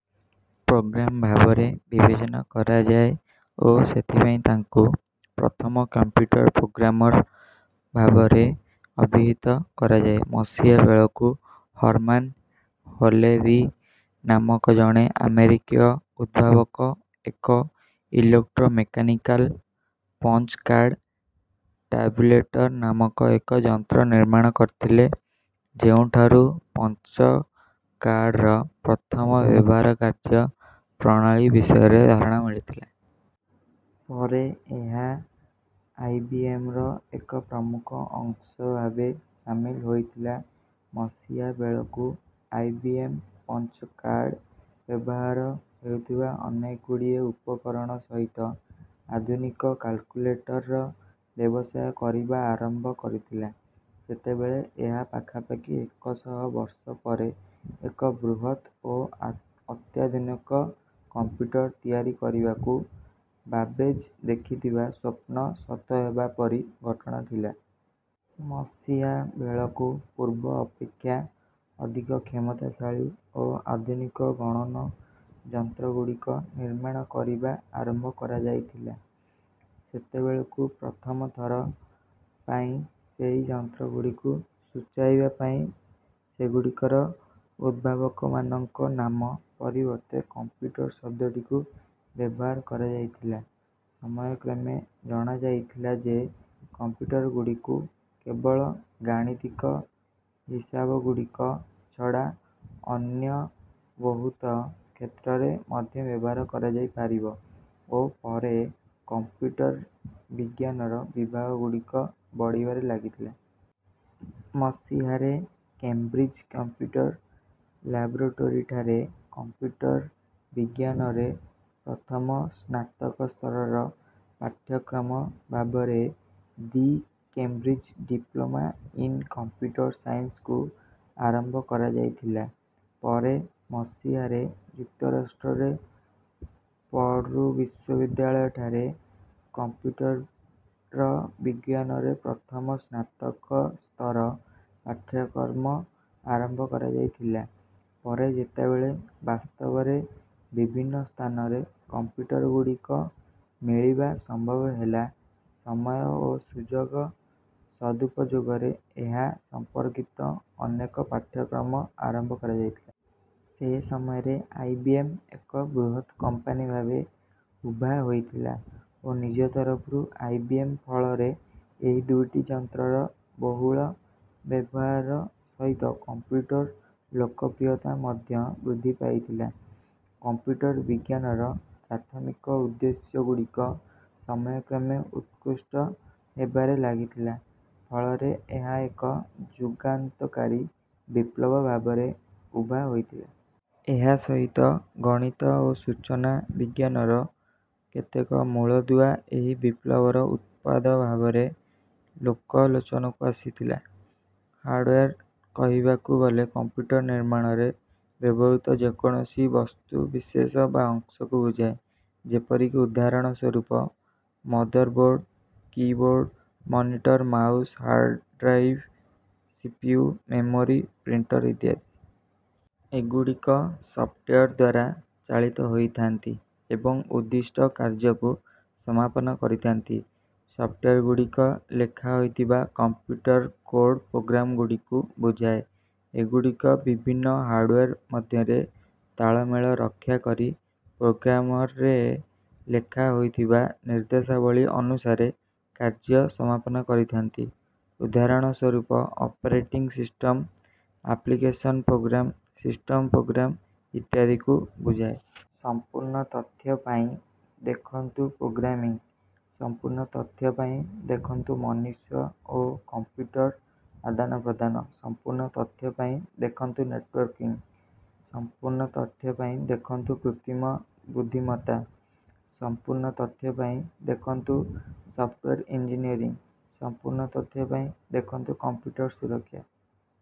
Programme ଭାବରେ ବିବେଚନା କରାଯାଏ ଓ ସେଥିପାଇଁ ତାଙ୍କୁ ପ୍ରଥମ କମ୍ପ୍ୟୁଟର ପ୍ରୋଗ୍ରାମର ଭାବରେ ଅଭିହିତ କରାଯାଏ। ମସିହା ବେଳକୁ ହର୍ମାନ ହୋଲେରୀ ନାମକ ଜଣେ ଆମେରିକୀୟ ଉଦ୍ଭାବକ ଏକ ଇଲେକ୍ଟ୍ରୋ-ମେକାନିକାଲ ପଞ୍ଚ କାର୍ଡ ଟାବୁଲେଟର ନାମରେ ଏକ ଯନ୍ତ୍ର ନିର୍ମାଣ କରିଥିଲେ, ଯେଉଁଠାରୁ ପଞ୍ଚ କାର୍ଡର ପ୍ରଥମ ବ୍ୟବହାର କାର୍ଯ୍ୟ ପ୍ରଣାଳୀ ବିଷୟରେ ଧାରଣା ମିଳିଥିଲା। ପରେ ଏହା ଆଇବିଏମର ଏକ ପ୍ରମୁଖ ଅଂଶ ଭାବେ ସାମିଲ ହୋଇଥିଲା। ମସିହା ବେଳକୁ ଆଇବିଏମ ପଞ୍ଚ କାର୍ଡ ବ୍ୟବହାର ହେଉଥିବା ଅନେକଗୁଡ଼ିଏ ଉପକରଣ ସହିତ ଆଧୁନିକ କାଲକୁଲେଟରର ବ୍ୟବସାୟ କରିବା ଆରମ୍ଭ କରିଥିଲା। ସେତେବେଳେ ଏହା ପାଖାପାଖି ଏକ ଶହ ବର୍ଷ ପରେ ଏକ ବୃହତ ଓ ଅତ୍ୟାଧୁନିକ କମ୍ପ୍ୟୁଟର ତିଆରି କରିବାକୁ ବାବେଜ ଦେଖିଥିବା ସ୍ୱପ୍ନ ସତ ହେବା ପରି ଘଟଣା ଥିଲା। ମସିହା ବେଳକୁ ପୂର୍ବ ଅପେକ୍ଷା ଅଧିକ କ୍ଷମତାଶାଳୀ ଓ ଆଧୁନିକ ଗଣନ ଯନ୍ତ୍ରଗୁଡ଼ିକ ନିର୍ମାଣ କରିବା ଆରମ୍ଭ କରାଯାଇଥିଲା। ସେତେବେଳକୁ ପ୍ରଥମ ଥର ପାଇଁ ସେହି ଯନ୍ତ୍ରଗୁଡ଼ିକୁ ସୂଚାଇବା ପାଇଁ ସେଗୁଡ଼ିକର ଉଦ୍ଭାବକମାନଙ୍କ ନାମ ପରିବର୍ତ୍ତେ କମ୍ପ୍ୟୁଟର ଶବ୍ଦଟିକୁ ବ୍ୟବହାର କରାଯାଇଥିଲା। ସମୟକ୍ରମେ ଜଣାଯାଇଥିଲା ଯେ କମ୍ପ୍ୟୁଟରଗୁଡ଼ିକୁ କେବଳ ଗାଣିତିକ ହିସାବଗୁଡ଼ିକ ଛଡ଼ା ଅନ୍ୟ ବହୁତ କ୍ଷେତ୍ରରେ ମଧ୍ୟ ବ୍ୟବହାର କରାଯାଇପାରିବ, ଓ ପରେ କମ୍ପ୍ୟୁଟର ବିଜ୍ଞାନର ବିଭାଗଗୁଡ଼ିକ ବଢ଼ିବାରେ ଲାଗିଥିଲା। ମସିହାରେ କେମ୍ବ୍ରିଜ କମ୍ପ୍ୟୁଟର ଲାବୋରେଟୋରୀଠାରେ କମ୍ପ୍ୟୁଟର ବିଜ୍ଞାନରେ ପ୍ରଥମ ସ୍ନାତକ ସ୍ତରର ପାଠ୍ୟକ୍ରମ ଭାବରେ the Cambridge diploma in computer ସାଇନ୍ସକୁ ଆରମ୍ଭ କରାଯାଇଥିଲା। ପରେ ମସିହାରେ ଯୁକ୍ତରାଷ୍ଟ୍ରରେ ପର୍ଡୁ ବିଶ୍ୱବିଦ୍ୟାଳୟଠାରେ କମ୍ପ୍ୟୁଟର ବିଜ୍ଞାନରେ ପ୍ରଥମ ସ୍ନାତକ ସ୍ତର ପାଠ୍ୟକ୍ରମ ଆରମ୍ଭ କରାଯାଇଥିଲା। ପରେ ଯେତେବେଳେ ବାସ୍ତବରେ ବିଭିନ୍ନ ସ୍ଥାନରେ କମ୍ପ୍ୟୁଟରଗୁଡ଼ିକ ମିଳିବା ସମ୍ଭବ ହେଲା, ସମୟ ଓ ସୁଯୋଗ ସଦୁପଯୋଗରେ ଏହା ସମ୍ପର୍କିତ ଅନେକ ପାଠ୍ୟକ୍ରମ ଆରମ୍ଭ କରାଯାଇଥିଲା। ସେ ସମୟରେ ଆଇବିଏମ ଏକ ବୃହତ କମ୍ପାନୀ ଭାବେ ଉଭା ହୋଇଥିଲା, ଓ ନିଜ ତରଫରୁ ଆଇବିଏମ ଫଳରେ ଏହି ଦୁଇଟି ଯନ୍ତ୍ରର ବହୁଳ ବ୍ୟବହାର ସହିତ କମ୍ପ୍ୟୁଟରର ଲୋକପ୍ରିୟତା ମଧ୍ୟ ବୃଦ୍ଧି ପାଇଥିଲା। କମ୍ପ୍ୟୁଟର ବିଜ୍ଞାନର ପ୍ରାଥମିକ ଉଦ୍ଦେଶ୍ୟଗୁଡ଼ିକ ସମୟକ୍ରମେ ଉତ୍କୃଷ୍ଟ ହେବାରେ ଲାଗିଥିଲା, ଫଳରେ ଏହା ଏକ ଯୁଗାନ୍ତକାରୀ ବିପ୍ଲବ ଭାବରେ ଉଭା ହୋଇଥିଲା। ଏହା ସହିତ ଗଣିତ ଓ ସୂଚନା ବିଜ୍ଞାନର କେତେକ ମୂଳଦୁଆ ଏହି ବିପ୍ଳବର ଉତ୍ପାଦ ଭାବରେ ଲୋକଲୋଚନକୁ ଆସିଥିଲା। ହାର୍ଡୱେର କହିବାକୁ ଗଲେ କମ୍ପ୍ୟୁଟର ନିର୍ମାଣରେ ବ୍ୟବହୃତ ଯେକୌଣସି ବସ୍ତୁବିଶେଷ ବା ଅଂଶକୁ ବୁଝାଏ। ଯେପରିକି ଉଦାହରଣ ସ୍ୱରୂପ motherboard, keyboard, monitor, mouse, hard drive, CPU, memory, printer ଇତ୍ୟାଦି। ଏଗୁଡ଼ିକ ସଫ୍ଟୱେର ଦ୍ୱାରା ଚାଳିତ ହୋଇଥାନ୍ତି ଏବଂ ଉଦ୍ଦିଷ୍ଟ କାର୍ଯ୍ୟକୁ ସମାପନ କରିଥାନ୍ତି। ସଫ୍ଟୱେରଗୁଡ଼ିକ ଲେଖା ହୋଇଥିବା କମ୍ପ୍ୟୁଟର କୋଡ଼ ପ୍ରୋଗ୍ରାମଗୁଡ଼ିକୁ ବୁଝାଏ। ଏଗୁଡ଼ିକ ବିଭିନ୍ନ ହାର୍ଡୱେର ମଧ୍ୟରେ ତାଳମେଳ ରକ୍ଷା କରି ପ୍ରୋଗ୍ରାମରେ ଲେଖା ହୋଇଥିବା ନିର୍ଦ୍ଦେଶାବଳୀ ଅନୁସାରେ କାର୍ଯ୍ୟ ସମାପନ କରିଥାନ୍ତି। ଉଦାହରଣ ସ୍ୱରୂପ operating system, application program, system program ଇତ୍ୟାଦିଙ୍କୁ ବୁଝାଏ। ସମ୍ପୂର୍ଣ୍ଣ ତଥ୍ୟ ପାଇଁ ଦେଖନ୍ତୁ ପ୍ରୋଗ୍ରାମିଂ, ସମ୍ପୂର୍ଣ୍ଣ ତଥ୍ୟ ପାଇଁ ଦେଖନ୍ତୁ ମନୁଷ୍ୟ ଓ କମ୍ପ୍ୟୁଟର ଆଦାନପ୍ରଦାନ, ସମ୍ପୂର୍ଣ୍ଣ ତଥ୍ୟ ପାଇଁ ଦେଖନ୍ତୁ ନେଟୱର୍କିଂ, ସମ୍ପୂର୍ଣ୍ଣ ତଥ୍ୟ ପାଇଁ ଦେଖନ୍ତୁ କୃତ୍ରିମ ବୁଦ୍ଧିମତ୍ତା, ସମ୍ପୂର୍ଣ୍ଣ ତଥ୍ୟ ପାଇଁ ଦେଖନ୍ତୁ ସଫ୍ଟୱେର ଇଞ୍ଜିନିୟରିଂ, ସମ୍ପୂର୍ଣ୍ଣ ତଥ୍ୟ ପାଇଁ ଦେଖନ୍ତୁ କମ୍ପ୍ୟୁଟର ସୁରକ୍ଷା।